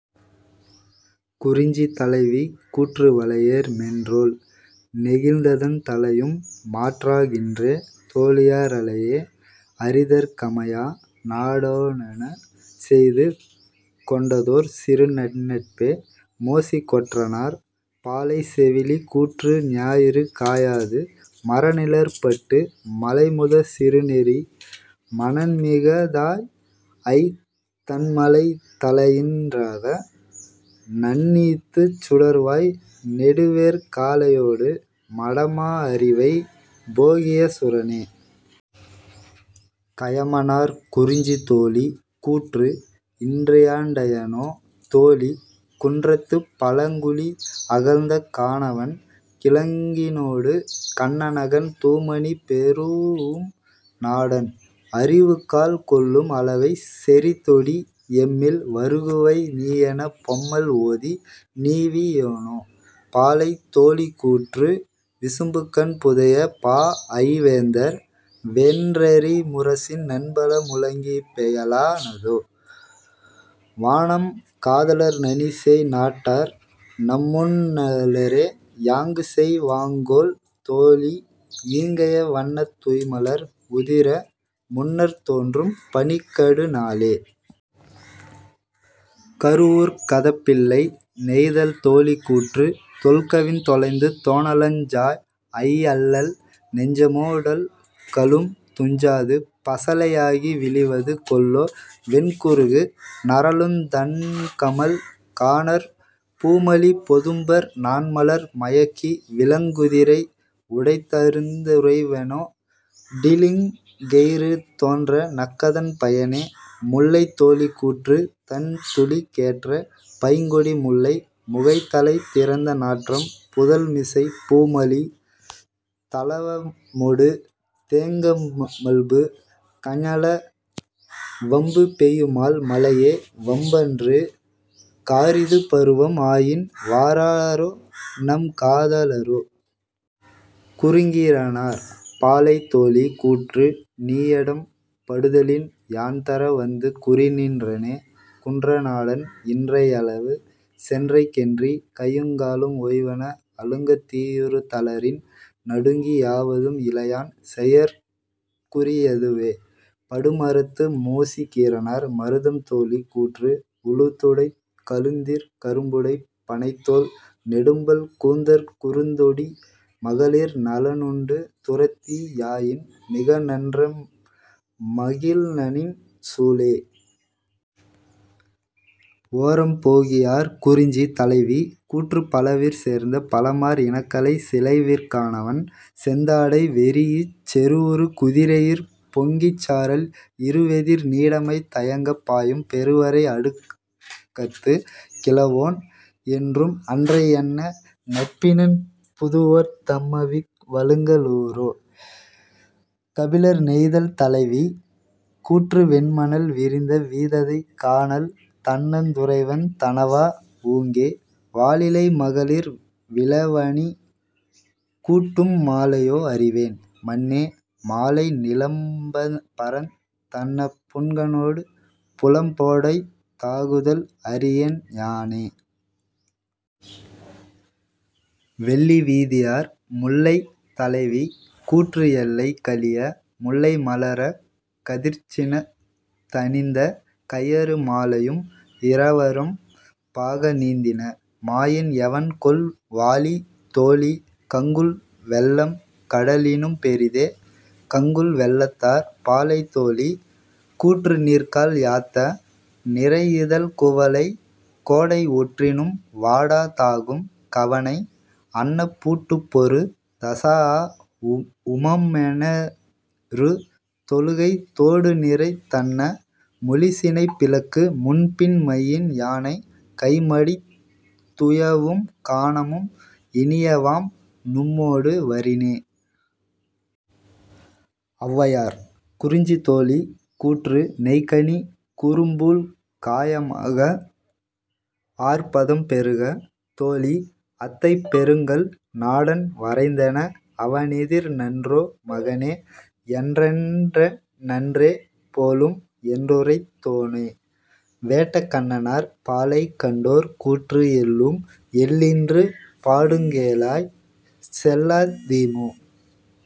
குறிஞ்சி தலைவி கூற்று வளையேர் மென்றோள் ஞெகிழ்ந்ததன் தலையும் மாற்றா கின்றே தோழியாற் றலையே அறிதற் கமையா நாடனொடு செய்து கொண்டதோர் சிறுநன் னட்பே. -மோசி கொற்றனார்.. பாலை செவிலி கூற்று ஞாயிறு காயாது மரநிழற் பட்டு மலைமுதற் சிறுநெறி மணன்மிகத் தாஅய்த் தண்மழை தலையின் றாக நந்நீத்துச் சுடர்வாய் நெடுவேற் காளையொடு மடமா அரிவை போகிய சுரனே. -கயமனார்.. குறிஞ்சி தோழி கூற்று இன்றியாண் டையனோ தோழி குன்றத்துப் பழங்குழி அகழ்ந்த கானவன் கிழங்கினொடு கண்ணகன் தூமணி பெறூஉம் நாடன் அறிவுகாழ்க் கொள்ளும் அளவைச் செறிதொடி எம்மில் வருகுவை நீயெனப் பொம்மல் ஓதி நீவி யோனே.. பாலை தோழி கூற்று விசும்புகண் புதையப் பாஅய் வேந்தர் வென்றெறி முரசின் நன்பல முழங்கிப் பெயலா னாதே வானம் காதலர் நனிசேய் நாட்டர் நம்முன் னலரே யாங்குச்செய் வாங்கொல் தோழி யீங்கைய வண்ணத் துய்ம்மலர் உதிர முன்னர்த் தோன்றும் பனிக்கடு நாளே. -கருவூர்க் கதப்பிள்ளை.. நெய்தல் தோழி கூற்று தொல்கவின் தொலைந்து தோணலஞ் சாஅய் அல்லல் நெஞ்சமோ டல்கலும் துஞ்சாது பசலை யாகி விளிவது கொல்லோ வெண்குருகு நரலுந் தண்கமழ் கானற் பூமலி பொதும்பர் நாண்மலர் மயக்கி விலங்குதிரை உடைதருந் துறைவனொ டிலங்கெயிறு தோன்ற நக்கதன் பயனே.. முல்லை தோழி கூற்று தண்துளிக் கேற்ற பைங்கொடி முல்லை முகைதலைத் திறந்த நாற்றம் புதல்மிசை பூமலி தளவமொடு தேங்கமழ்பு கஞல வம்புப் பெய்யுமால் மழையே வம்பன்று காரிது பருவம் ஆயின் வாரா ரோநம் காத லோரே. -குறுங்கீரனார்.. பாலை தோழி கூற்று நீயுடம் படுதலின் யான்தர வந்து குறிநின் றனனே குன்ற நாடன் இன்றை யளவை சென்றைக் கென்றி கையுங் காலும் ஓய்வன அழுங்கத் தீயுறு தளரின் நடுங்கி யாவதும் இலையான் செயற்குரி யதுவே. -படுமரத்து மோசிகீரனார்.. மருதம் தோழி கூற்று உழுந்துடைக் கழுந்திற் கரும்புடைப் பணைத்தோள் நெடும்பல் கூந்தற் குறுந்தொடி மகளிர் நலனுண்டு துறத்தி யாயின் மிகநன் றம்ம மகிழ்நநின் சூளே. -ஓரம்போகியார்.. குறிஞ்சி தலைவி கூற்று பலவிற் சேர்ந்த பழமார் இனக்கலை சிலைவிற் கானவன் செந்தொடை வெரீஇச் செருவுறு குதிரையிற் பொங்கிச் சாரல் இருவெதிர் நீடமை தயங்கப் பாயும் பெருவரை அடுக்கத்துக் கிழவோன் என்றும் அன்றை யன்ன நட்பினன் புதுவோர்த் தம்மவிவ் வழுங்க லூரே. -கபிலர்.. நெய்தல் தலைவி கூற்று வெண்மணல் விரிந்த வீததை கானல் தண்ணந் துறைவன் தணவா ஊங்கே வாலிழை மகளிர் விழவணிக் கூட்டும் மாலையோ அறிவேன் மன்னே மாலை நிலம்பரந் தன்ன புன்கணொடு புலம்புடைத் தாகுதல் அறியேன் யானே. -வெள்ளிவீதியார்.. முல்லை தலைவி கூற்று எல்லை கழிய முல்லை மலரக் கதிர்சினந் தணிந்த கையறு மாலையும் இரவரம் பாக நீந்தின மாயின் எவன்கொல் வாழி தோழி கங்குல் வெள்ளம் கடலினும் பெரிதே. -கங்குல் வெள்ளத்தார்.. பாலை தோழி கூற்று நீர்கால் யாத்த நிரையிதழ்க் குவளை கோடை ஒற்றினும் வாடா தாகும் கவணை அன்ன பூட்டுப்பொரு தசாஅ உமணெருத் தொழுகைத் தோடுநிரைத் தன்ன முளிசினை பிளக்கு முன்பின் மையின் யானை கைமடித் துயவும் கானமும் இனியவாம் நும்மொடு வரினே. -ஔவையார்.. குறிஞ்சி தோழி கூற்று நெய்கனி குறும்பூழ் காய மாக ஆர்பதம் பெறுக தோழி அத்தை பெருங்கல் நாடன் வரைந்தென அவனெதிர் நன்றோ மகனே யென்றனென் நன்றே போலும் என்றுரைத் தோனே. -வேட்டகண்ணனார்.. பாலை கண்டோர் கூற்று எல்லும் எல்லின்று பாடுங் கேளாய் செல்லா தீமோ